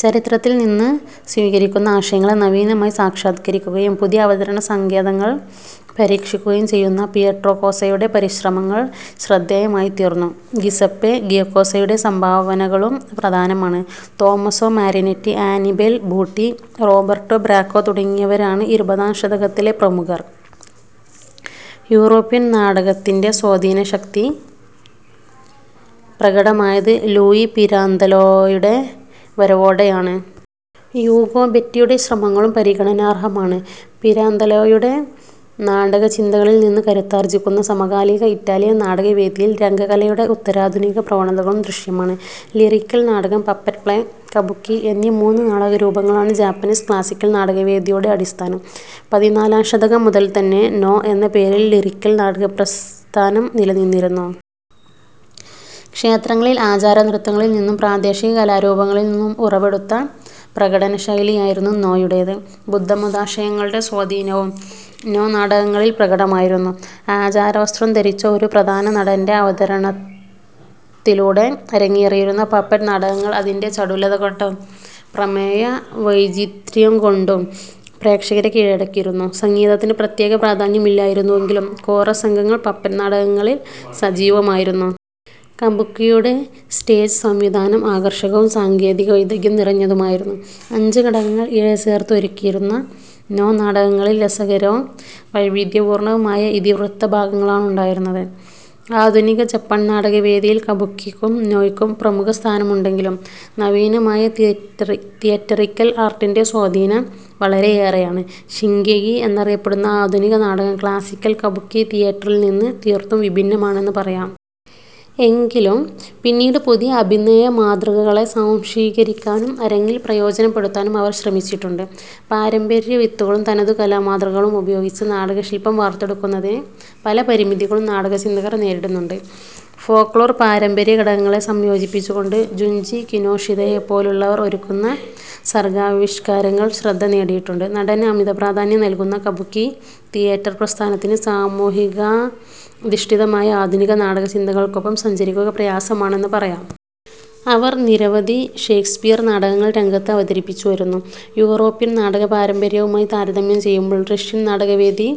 ചരിത്രത്തിൽനിന്ന് സ്വീകരിക്കുന്ന ആശയങ്ങളെ നവീനമായി സാക്ഷാത്കരിക്കുകയും പുതിയ അവതരണ സങ്കേതങ്ങൾ പരീക്ഷിക്കുകയും ചെയ്യുന്ന പിയട്രോ കോസ്സയുടെ പരിശ്രമങ്ങൾ, ശ്രദ്ധേയമായിത്തീർന്നു. ഗിസപ്പെ ഗിയക്കോസയുടെ സംഭാവനകളും പ്രധാനമാണ്. Tommaso Marinetti, Annibale Butti, Roberto Bracco തുടങ്ങിയവരാണ് ഇരുപതാം ശതകത്തിലെ പ്രമുഖർ. യൂറോപ്യൻ നാടകത്തിന്റെ സ്വാധീനശക്തി പ്രകടമായത് ലൂയി പിരാന്തലോയുടെ വരവോടെയാണ്. യൂഗോ ബെറ്റിയുടെ ശ്രമങ്ങളും പരിഗണനാർഹമാണ്. പിരാന്തലോയുടെ നാടകചിന്തകളിൽനിന്ന് കരുത്താർജിക്കുന്ന സമകാലിക ഇറ്റാലിയൻ നാടകവേദിയിൽ, രംഗകലയുടെ ഉത്തരാധുനികപ്രവണതകളും ദൃശ്യമാണ്. ലിറിക്കൽ നാടകം, പപ്പറ്റ് പ്ലേ, കബുക്കി എന്നീ മൂന്ന് നാടകരൂപങ്ങളാണ് ജാപ്പനീസ് ക്ലാസ്സിക്കൽ നാടകവേദിയുടെ അടിസ്ഥാനം. പതിനാലാം ശതകം മുതൽതന്നെ 'നോ' എന്ന പേരിൽ ലിറിക്കൽ നാടകപ്രസ്ഥാനം നിലനിന്നിരുന്നു. ക്ഷേത്രങ്ങളിൽ ആചാരനൃത്തങ്ങളിൽനിന്നും പ്രാദേശിക കലാരൂപങ്ങളിൽനിന്നും ഉറവെടുത്ത പ്രകടനശൈലിയായിരുന്നു 'നോ'യുടേത്. ബുദ്ധമതാശയങ്ങളുടെ സ്വാധീനവും 'നോ' നാടകങ്ങളിൽ പ്രകടമായിരുന്നു. ആചാരവസ്ത്രം ധരിച്ച ഒരു പ്രധാന നടന്റെ അവതരണത്തിലൂടെ അരങ്ങേറിയിരുന്ന പപ്പറ്റ് നാടകങ്ങൾ അതിന്റെ ചടുലതകൊണ്ടും പ്രമേയവൈചിത്യ്രംകൊണ്ടും പ്രേക്ഷകരെ കീഴടക്കിയിരുന്നു. സംഗീതത്തിന് പ്രത്യേക പ്രാധാന്യമില്ലായിരുന്നുവെങ്കിലും കോറസ് സംഘങ്ങൾ പപ്പറ്റ് നാടകങ്ങളിൽ സജീവമായിരുന്നു. 'കബുക്കി'യുടെ സ്റ്റേജ് സംവിധാനം ആകർഷകവും സാങ്കേതികവൈദഗ്ദ്ധ്യം നിറഞ്ഞതുമായിരുന്നു. അഞ്ച് ഘടകങ്ങൾ ഇഴചേർത്ത് ഒരുക്കിയിരുന്ന 'നോ' നാടകങ്ങളിൽ രസകരവും വൈവിധ്യപൂർണവുമായ ഇതിവൃത്തഭാഗങ്ങളാണുണ്ടായിരുന്നത്. ആധുനിക ജപ്പാൻ നാടകവേദിയിൽ 'കബുക്കി'ക്കും 'നോ'യ്ക്കും പ്രമുഖസ്ഥാനമുണ്ടെങ്കിലും നവീനമായ തിയെറ്ററിക്കൽ ആർട്ടിന്റെ സ്വാധീനം വളരെയേറെയാണ്. 'ഷിങ്കെകി' എന്നറിയപ്പെടുന്ന ആധുനിക നാടകം, ക്ളാസ്സിക്കൽ കബുക്കി തിയേറ്ററിൽനിന്ന് തീർത്തും വിഭിന്നമാണെന്ന് പറയാം. എങ്കിലും പിന്നീട് പുതിയ അഭിനയമാതൃകകളെ സ്വാംശീകരിക്കാനും അരങ്ങിൽ പ്രയോജനപ്പെടുത്താനും അവർ ശ്രമിച്ചിട്ടുണ്ട്. പാരമ്പര്യവിത്തുകളും തനതുകലാമാതൃകകളും ഉപയോഗിച്ച് നാടകശില്പം വാർത്തെടുക്കുന്നതിന് പല പരിമിതികളും നാടകചിന്തകർ നേരിടുന്നുണ്ട്. ഫോക്ലോർ പാരമ്പര്യഘടകങ്ങളെ സംയോജിപ്പിച്ചുകൊണ്ട് ജുഞ്ചി കിനോഷിതയെപ്പോലുള്ളവർ ഒരുക്കുന്ന സർഗാവിഷ്കാരങ്ങൾ ശ്രദ്ധ നേടിയിട്ടുണ്ട്. നടന് അമിതപ്രാധാന്യം നല്കുന്ന 'കബുക്കി' തിയേറ്റർ പ്രസ്ഥാനത്തിന് സാമൂഹികാധിഷ്ഠിതമായ ആധുനിക നാടകചിന്തകൾക്കൊപ്പം സഞ്ചരിക്കുക പ്രയാസമാണെന്ന് പറയാം. അവർ നിരവധി ഷെയ്ക്സ്പിയർ നാടകങ്ങൾ രംഗത്ത് അവതരിപ്പിച്ചുവരുന്നു. യൂറോപ്യൻ നാടകപാരമ്പര്യവുമായി താരതമ്യം ചെയ്യുമ്പോൾ, റഷ്യൻ നാടകവേദി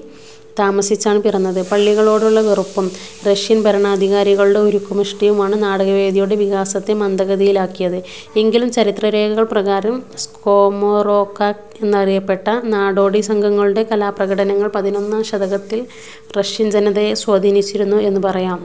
താമസിച്ചാണ് പിറന്നത്. പള്ളികളോടുള്ള വെറുപ്പും റഷ്യൻ ഭരണാധികാരികളുടെ ഉരുക്കുമുഷ്ടിയുമാണ് നാടകവേദിയുടെ വികാസത്തെ മന്ദഗതിയിലാക്കിയത്. എങ്കിലും, ചരിത്രരേഖകൾ പ്രകാരം 'സ്കോമോറോഖാക്' എന്നറിയപ്പെട്ട നാടോടി സംഘങ്ങളുടെ കലാപ്രകടനങ്ങൾ പതിനൊന്നാം ശതകത്തിൽ റഷ്യൻജനതയെ സ്വാധീനിച്ചിരുന്നു എന്നു പറയാം.